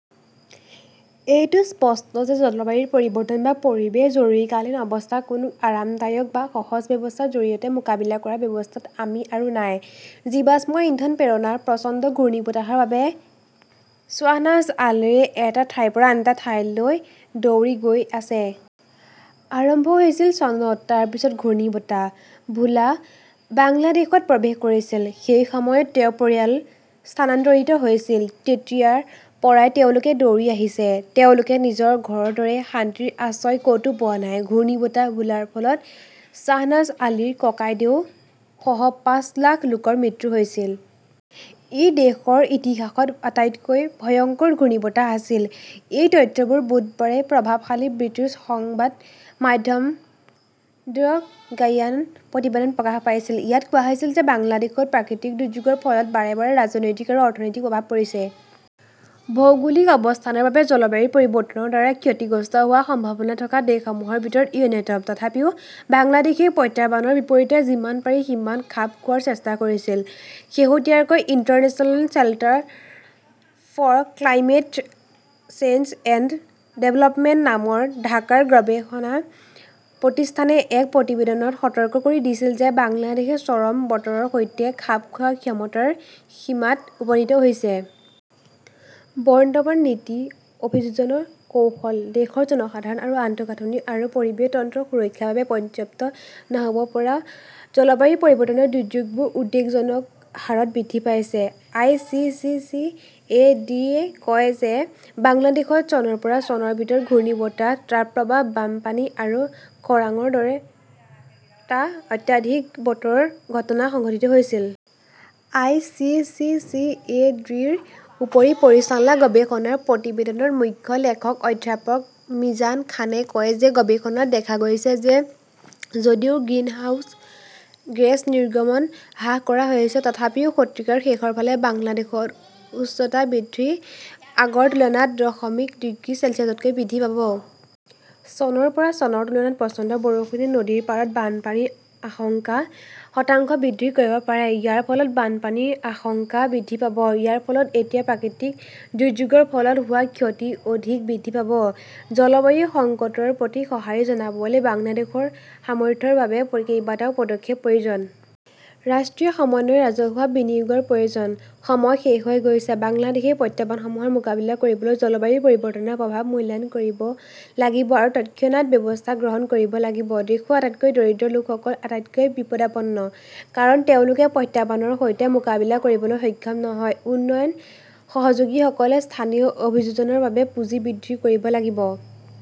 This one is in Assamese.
এইটো স্পষ্ট যে জলবায়ু পৰিৱৰ্তন বা পৰিৱেশ জৰুৰীকালীন অৱস্থাক কোনো আৰামদায়ক বা সহজ ব্যৱস্থাৰ জৰিয়তে মোকাবিলা কৰাৰ অৱস্থাত আমি আৰু নাই। জীৱাশ্ম ইন্ধনৰ প্ৰেৰণা প্ৰচণ্ড ঘূৰ্ণীবতাহৰ বাবে শ্বাহনাজ আলী এটা ঠাইৰ পৰা আন এটা ঠাইলৈ দৌৰি গৈ আছে। আৰম্ভ হৈছিল চনত। তাৰ পিছত ঘূৰ্ণীবতাহ ভোলা বাংলাদেশত প্ৰৱেশ কৰিছিল। সেই সময়ত তেওঁৰ পৰিয়াল স্থানান্তৰিত হৈছিল। তেতিয়াৰ পৰাই তেওঁলোকে দৌৰি আহিছে; তেওঁলোকে নিজৰ ঘৰৰ দৰে শান্তিৰ আশ্ৰয় ক "তো পোৱা নাই। ঘূৰ্ণীবতাহ ভোলাৰ ফলত শ্বাহনাজ আলীৰ ককাদেউতা সহ পাঁচ লাখ লোকৰ মৃত্যু হৈছিল। ই দেশৰ ইতিহাসত আটাইতকৈ ভয়ংকৰ ঘূৰ্ণীবতাহ আছিল। এই তথ্যবোৰ বুধবাৰে প্ৰভাৱশালী ব্ৰিটিছ সংবাদ মাধ্যম দ্য গাৰ্ডিয়ানৰ প্ৰতিবেদনত প্ৰকাশ পাইছিল। ইয়াত কোৱা হৈছে যে বাংলাদেশত প্ৰাকৃতিক দুৰ্যোগৰ ফলত বাৰে বাৰে ৰাজনৈতিক আৰু অৰ্থনৈতিক প্ৰভাৱ পৰিছে। ভৌগোলিক অৱস্থানৰ বাবে জলবায়ু পৰিৱৰ্তনৰ দ্বাৰা ক্ষতিগ্ৰস্ত হোৱাৰ সম্ভাৱনা থকা দেশসমূহৰ ভিতৰত ই অন্যতম। তথাপিও বাংলাদেশই প্ৰত্যাহ্বানৰ বিপৰীতে যিমান পাৰি সিমান খাপ খোৱাৰ চেষ্টা কৰিছে। শেহতীয়াকৈ, International Centre for Climate Change and Development নামৰ ঢাকাৰ গৱেষণা প্ৰতিষ্ঠানে এক প্ৰতিবেদনত সতৰ্ক কৰি দিছিল যে বাংলাদেশ চৰম বতৰৰ সৈতে খাপ খোৱাৰ ক্ষমতাৰ সীমাত উপনীত হৈছে। বৰ্তমানৰ নীতি, অভিযোজন কৌশল দেশৰ জনসাধাৰণ আৰু আন্তঃগাঁথনি আৰু পৰিৱেশ তন্ত্ৰৰ সুৰক্ষাৰ বাবে পৰ্যাপ্ত নহ 'ব পৰা জলবায়ু পৰিৱৰ্তনৰ দুৰ্যোগবোৰ উদ্বেগজনক হাৰত বৃদ্ধি পাইছে। I. C. C. C. A. D. -য়ে কয় যে বাংলাদেশত চনৰ পৰা চনৰ ভিতৰত ঘূৰ্ণীবতাহ, তাপপ্ৰবাহ, বানপানী আৰু খৰাংৰ দৰে টা অত্যাধিক বতৰৰ ঘটনা সংঘটিত হৈছিল। I. C. C. C. A. D. -ৰ উপ-পৰিচালক গৱেষণা প্ৰতিবেদনৰ মুখ্য লেখক অধ্যাপক মিজান খানে কয় যে গৱেষণাত দেখা গৈছে যে যদিও গ্ৰিনহাউজ গেছ নিৰ্গমন হ্ৰাস কৰা হৈছে, তথাপিও শতিকাৰ শেষৰ ফালে বাংলাদেশত উষ্ণতা বৃদ্ধি আগৰ তুলনাত দশমিক ডিগ্ৰী চেলছিয়াছলৈ বৃদ্ধি পাব। চনৰ পৰা চনৰ তুলনাত প্ৰচণ্ড বৰষুণে নদীৰ পাৰত বানপানীৰ আশংকা শতাংশ বৃদ্ধি কৰিব পাৰে। ইয়াৰ ফলত বানপানীৰ আশংকা বৃদ্ধি পাব। ইয়াৰ ফলত এতিয়া প্ৰাকৃতিক দুৰ্যোগৰ ফলত হোৱা ক্ষতি অধিক বৃদ্ধি পাব। জলবায়ু সংকটৰ প্ৰতি সঁহাৰি জনাবলৈ বাংলাদেশৰ সামৰ্থ্যৰ বাবে কেইবাটাও পদক্ষেপৰ প্ৰয়োজন। ৰাষ্ট্ৰীয় সমন্বয়, ৰাজহুৱা বিনিয়োগৰ প্ৰয়োজন। সময় শেষ হৈ গৈছে। বাংলাদেশই প্ৰত্যাহ্বানসমূহৰ মোকাবিলা কৰিবলৈ জলবায়ু পৰিৱৰ্তনৰ প্ৰভাৱ মূল্যায়ন কৰিব লাগিব আৰু তৎক্ষণাত ব্যৱস্থা গ্ৰহণ কৰিব লাগিব। দেশৰ আটাইতকৈ দৰিদ্ৰ লোকসকল আটাইতকৈ বিপদাপন্ন। কাৰণ, তেওঁলোকে প্ৰত্যাহ্বানৰ সৈতে মোকাবিলা কৰিবলৈ সক্ষম নহয়। উন্নয়ন সহযোগীসকলে স্থানীয় অভিযোজনৰ বাবে পুঁজি বৃদ্ধি কৰিব লাগিব।